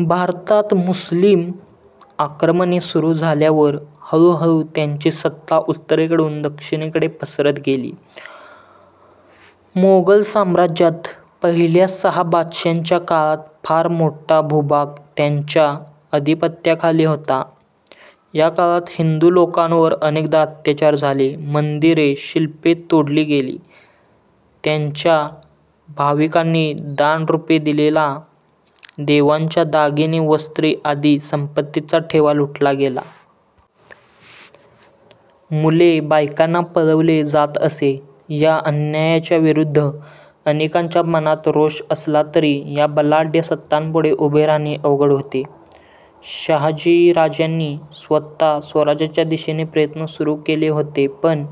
भारतात मुस्लिम आक्रमणे सुरु झाल्यावर हळू हळू त्यांची सत्ता उत्तरेकडून दक्षिणेकडे पसरत गेली. मोगल साम्राज्यात पहिल्या सहा बादशहांच्या काळात फार मोठा भूभाग त्यांच्या अधिपत्याखाली होता. याकाळात हिंदू लोकांवर अनेकदा अत्याचार झाले. मंदिरे, शिल्पे तोडली गेली, त्यांच्या भाविकांनी दान रुपी दिलेला, देवांच्या दागिने वस्त्रे आदी संपत्तीचा ठेवा लुटला गेला. मुले, बायकांना पळवले जात असे. या अन्यायाच्या विरुद्ध अनेकांच्या मनात रोष असला तरी या बलाढ्य सत्तांपुढे उभे राहणे अवघड होते. शहाजीराजांनी स्वतः स्वराज्याच्या दिशेने प्रयत्न सुरु केले होते पण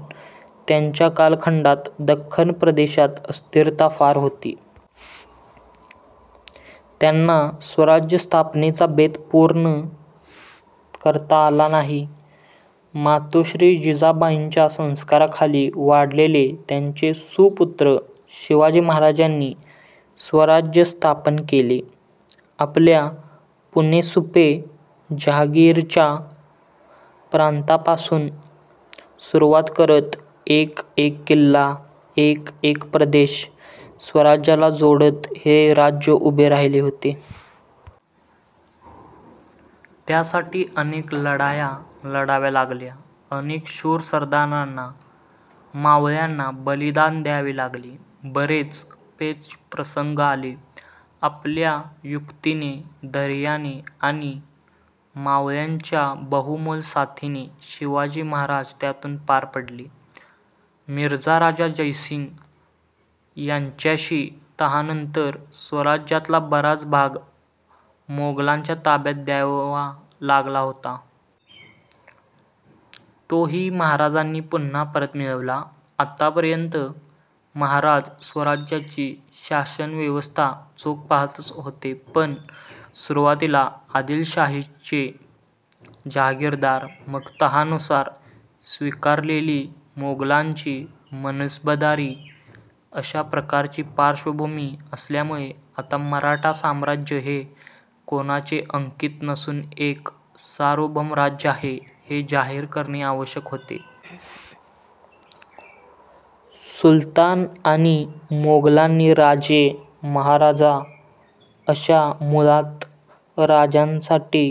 त्यांच्या कालखंडात दक्खन प्रदेशात अस्थिरता फार होती. त्यांना स्वराज्यस्थापनेचा बेत पूर्ण करता आला नाही. मातोश्री जिजाबाईंच्या संस्कारांखाली वाढलेले त्यांचे सुपुत्र शिवाजी महाराजांनी स्वराज्य स्थापन केले. आपल्या पुणे सुपे जहागिरीच्या प्रांतापासुन सुरूवात करत एक एक किल्ला, एक एक प्रदेश स्वराज्याला जोडत हे राज्य उभे राहिले होते. त्यासाठी अनेक लढाया लढाव्या लागल्या. अनेक शुर सरदारांना, मावळ्यांना बलिदान द्यावे लागले. बरेच पेचप्रसंग आले. आपल्या युक्तीने, धैर्याने आणि मावळ्यांच्या बहुमोल साथीने शिवाजी महाराज त्यातुन पार पडले. मिर्झा राजा जयसिंग याच्याशी तहानंतर स्वराज्यातला बराच भाग मोगलांच्या ताब्यात द्यावा लागला होता. तोही महाराजांनी पुन्हा परत मिळवला. आतापर्यंत महाराज स्वराज्याची शासनव्यवस्था चोख पाहतच होते. पण सुरुवातीला आदिलशाहीचे जहागीरदार, मग तहानुसार स्वीकारलेली मोगलांची मनसबदारी अशा प्रकारची पार्श्वभूमी असल्यामुळे आता मराठा साम्राज्य हे कोणाचे अंकित नसुन एक सार्वभौम राज्य आहे हे जाहीर करणे आवश्यक होते. सुलतान आणि मोगलांनी राजे, महाराजा अशा मुळात राजांसाठी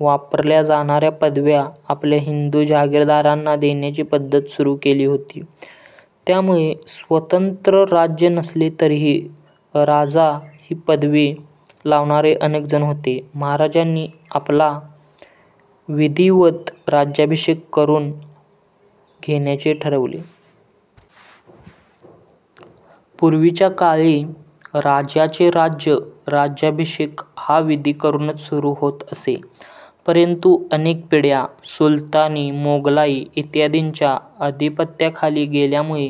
वापरल्या जाणाऱ्या पदव्या आपल्या हिंदू जहागीरदारांना देण्याची पद्धत सुरु केली होती. त्यामुळे स्वतंत्र राज्य नसले तरीही राजा हि पदवी लावणारे अनेकजण होते. महाराजांनी आपला विधिवत राज्याभिषेक करून घेण्याचे ठरवले. पूर्वीच्या काळी राजाचे राज्य राज्याभिषेक हा विधी करूनच सुरु होत असे. परंतु अनेक पिढ्या सुलतानी, मोगलाई इत्यादींच्या अधिपत्याखाली गेल्यामुळे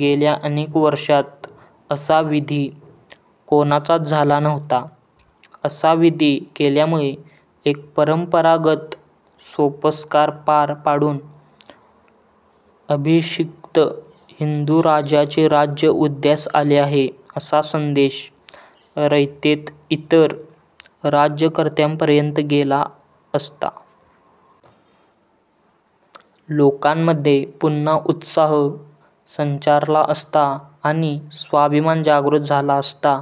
गेल्या अनेक वर्षात असा विधी कोणाचाच झाला नव्हता. असा विधी केल्यामुळे एक परंपरागत सोपस्कार पार पाडुन, अभिषिक्त हिंदू राजाचे राज्य उदयास आले आहे असा संदेश रयतेत इतर राज्यकर्त्यांपर्यंत गेला असता. लोकांमध्ये पुन्हा उत्साह संचारला असता आणि स्वाभिमान जागृत झाला असता.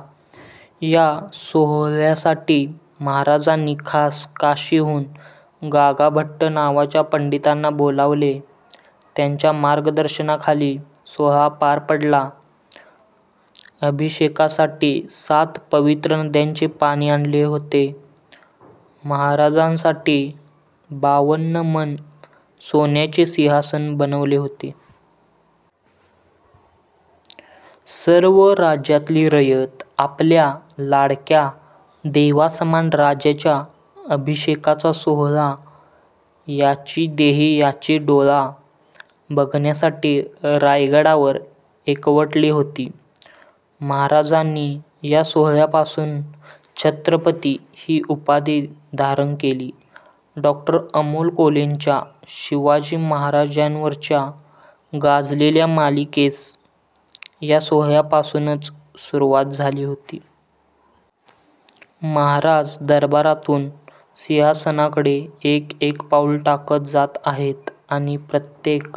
या सोहळ्यासाठी महाराजांनी खास काशीहून गागाभट्ट नावाच्या पंडितांना बोलावले. त्यांच्या मार्गदर्शनाखाली सोहळा पार पडला. अभिषेकासाठी सात पवित्र नद्यांचे पाणी आणले होते. महाराजांसाठी बावन्न मण सोन्याचे सिंहासन बनवले होते. सर्व राज्यातली रयत आपल्या लाडक्या देवासमान राजाच्या अभिषेकाचा सोहळा याची देही याची डोळा बघण्यासाठी रायगडावर एकवटली होती. महाराजांनी या सोहळ्यापासुन छत्रपती हि उपाधी धारण केली. डॉ. अमोल कोल्हेंच्या शिवाजी महाराजांवरच्या गाजलेल्या मालिकेस या सोहळ्यापासुनच सुरुवात झाली होती. महाराज दरबारातुन सिंहासनाकडे एक एक पाऊल टाकत जात आहेत आणि प्रत्येक